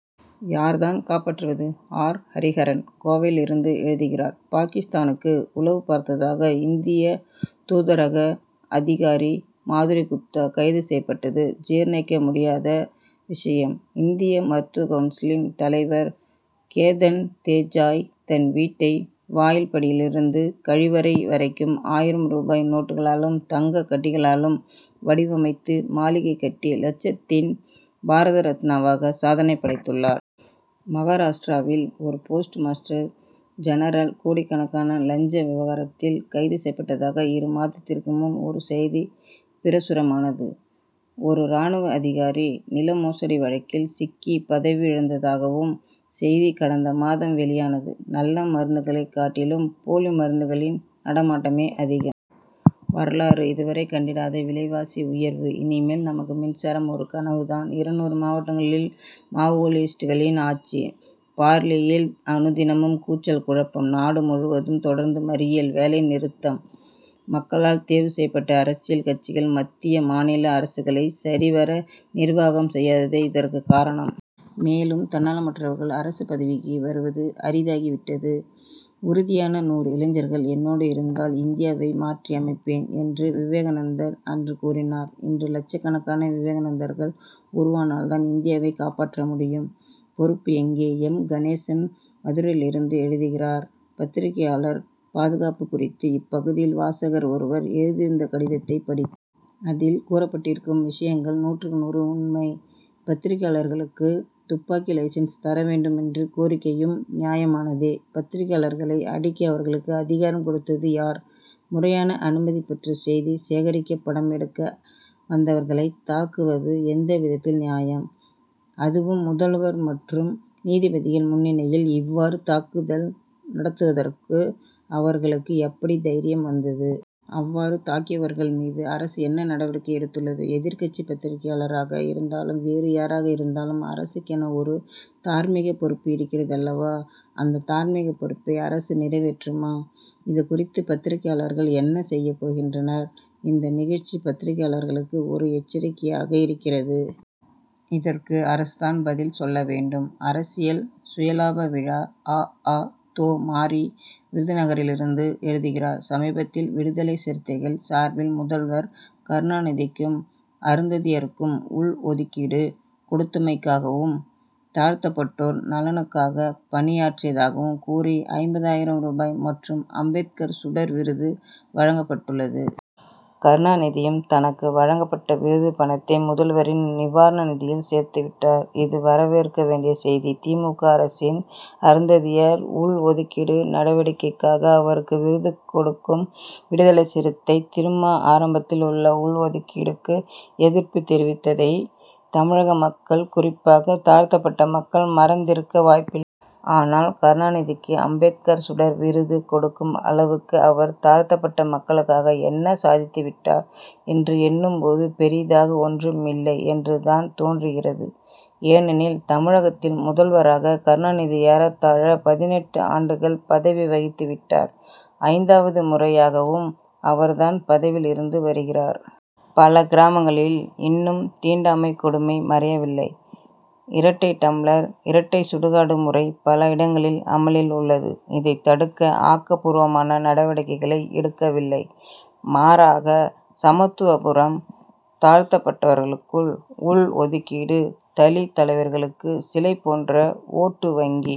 யார் தான் காப்பாற்றுவது? ஆர். ஹரிஹரன் கோவையிலிருந்து எழுதுகிறார் பாகிஸ்தானுக்கு உளவு பார்த்ததாக இந்திய தூதரக அதிகாரி மாதுரி குப்தா கைது செய்யப்பட்டது ஜீரணிக்க முடியாத விஷயம். இந்திய மருத்துவக்கவுன்சில் தலைவர் கேதன் தேஜாய் தன் வீட்டு வாயில்படியிலிருந்து கழிவறை வரைக்கும் ஆயிரம் ரூபாய் நோட்டுகளாலும் தங்கக்கட்டிகளாலும் வடிவமைத்து மாளிகை கட்டி லஞ்சத்தின் பாரத ரத்னாவாக சாதனை படைத்துள்ளார். மகாராஷ்டிராவில் ஒரு போஸ்ட் மாஸ்டர் ஜெனரல் கோடிக்கணக்கான லஞ்ச விவகாரத்தில் கைது செய்யப்பட்டதாக இரு மாதத்திற்கு முன் ஒரு செய்தி பிரசுரமானது. ஒரு ராணுவ அதிகாரி நிலமோசடி வழக்கில் சிக்கி பதவியிழந்ததாகவும் செய்தி கடந்த மாதம் வெளியானது. நல்ல மருந்துகளை காட்டிலும் போலி மருந்துகளின் நடமாட்டமே அதிகம். வரலாறு இதுவரை கண்டிராத விலைவாசி உயர்வு. இனிமேல் நமக்கு மின்சாரம் ஒரு கனவு தான். இருநூறு மாவட்டங்களில் மாவோயிஸ்டுகளின் ஆட்சி. பார்லியில் அனுதினமும் கூச்சல் குழப்பம். நாடு முழுவதும் தொடர்ந்து மறியல் வேலைநிறுத்தம். மக்களால் தேர்வு செய்யப்பட்ட அரசியல் கட்சிகள் மத்திய மாநில அரசுகளை சரிவர நிர்வாகம் செய்யாததே இதற்கு காரணம். மேலும் தன்னலமற்றவர்கள் அரசு பதவிக்கு வருவது அரிதாகிவிட்டது. உறுதியான நூறு இளைஞர்கள் என்னோடு இருந்தால் இந்தியாவை மாற்றியமைப்பேன் என்று விவேகானந்தர் அன்று கூறினார். இன்று லட்சக்கணக்கான விவேகானந்தர்கள் உருவானால் தான் இந்தியாவை காப்பாற்ற முடியும். பொறுப்பு எங்கே? எம். கணேசன் மதுரையிலிருந்து எழுதுகிறார் பத்திரிகையாளர் பாதுகாப்பு குறித்து இப்பகுதியில் வாசகர் ஒருவர் எழுதியிருந்த கடிதத்தைப் படித்தேன். அதில் கூறப்பட்டிருக்கும் விஷயங்கள் நூற்றுக்கு நூறு உண்மை. பத்திரிகையாளர்களுக்கு துப்பாக்கி லைசென்ஸ் தர வேண்டும் என்ற கோரிக்கையும் நியாயமானதே. பத்திரிகையாளர்களை அடிக்க அவர்களுக்கு அதிகாரம் கொடுத்தது யார்? முறையான அனுமதி பெற்று செய்தி சேகரிக்க படம் எடுக்க வந்தவர்களைத் தாக்குவது எந்த விதத்தில் நியாயம்? அதுவும் முதல்வர் மற்றும் நீதிபதிகள் முன்னிலையில் இவ்வாறு தாக்குதல் நடத்துவதற்கு அவர்களுக்கு எப்படி தைரியம் வந்தது? அவ்வாறு தாக்கியவர்கள் மீது அரசு என்ன நடவடிக்கை எடுத்துள்ளது? எதிர்க்கட்சி பத்திரிகையாளராக இருந்தாலும் வேறு யாராக இருந்தாலும் அரசுக்கென ஒரு தார்மீகப் பொறுப்பு இருக்கிறது அல்லவா? அந்த தார்மீகப் பொறுப்பை அரசு நிறைவேற்றுமா? இது குறித்து பத்திரிகையாளர்கள் என்ன செய்யப் போகின்றனர்? இந்த நிகழ்ச்சி பத்திரிகையாளர்களுக்கு ஒரு எச்சரிக்கையாக இருக்கிறது. இதற்கு அரசுதான் பதில் சொல்ல வேண்டும். அரசியல் சுயலாப விழா! அ. அ. தொ. மாரி விருதுநகரிலிருந்து எழுதுகிறார் சமீபத்தில் விடுதலைச் சிறுத்தைகள் சார்பில் முதல்வர் கருணாநிதிக்கு அருந்ததியருக்கு உள்ஒதுக்கீடு கொடுத்தமைக்காகவும் தாழ்த்தப்பட்டோர் நலனுக்காக பணியாற்றியதாகவும் கூறி ஐம்பது ஆயிரம் ரூபாய் மற்றும் அம்பேத்கர் சுடர் விருது வழங்கப்பட்டுள்ளது. கருணாநிதியும் தனக்கு வழங்கப்பட்ட விருது பணத்தை முதல்வரின் நிவாரண நிதியில் சேர்த்துவிட்டார். இது வரவேற்க வேண்டிய செய்தி. தி. மு. க. அரசின் அருந்ததியர் உள்ஒதுக்கீடு நடவடிக்கைக்காக அவருக்கு விருது கொடுக்கும் விடுதலைச் சிறுத்தை திருமா ஆரம்பத்தில் உள்ள உள்ஒதுக்கீடுக்கு எதிர்ப்பு தெரிவித்ததை தமிழக மக்கள் குறிப்பாக தாழ்த்தப்பட்ட மக்கள் மறந்திருக்க வாய்ப்பில்லை. ஆனால் கருணாநிதிக்கு அம்பேத்கர் சுடர் விருது கொடுக்கும் அளவுக்கு அவர் தாழ்த்தப்பட்ட மக்களுக்காக என்ன சாதித்து விட்டார் என்று எண்ணும் போது பெரிதாக ஒன்றும் இல்லை என்று தான் தோன்றுகிறது. ஏனெனில் தமிழகத்தின் முதல்வராக கருணாநிதி ஏறத்தாழ பதினெட்டு ஆண்டுகள் பதவி வகித்து விட்டார் ஐந்தாவது முறையாகவும் அவர்தான் பதவியில் இருந்து வருகிறார். பல கிராமங்களில் இன்னும் தீண்டாமைக் கொடுமை மறையவில்லை. இரட்டை டம்ளர் இரட்டை சுடுகாடு முறை பல இடங்களில் அமலில் உள்ளது. இதை தடுக்க ஆக்கப்பூர்வமான நடவடிக்கைகளை எடுக்கவில்லை. மாறாக சமத்துவபுரம் தாழ்த்தப்பட்டவர்களுக்குள் உள்ஒதுக்கீடு தலித் தலைவர்களுக்கு சிலை போன்ற ஓட்டு வங்கி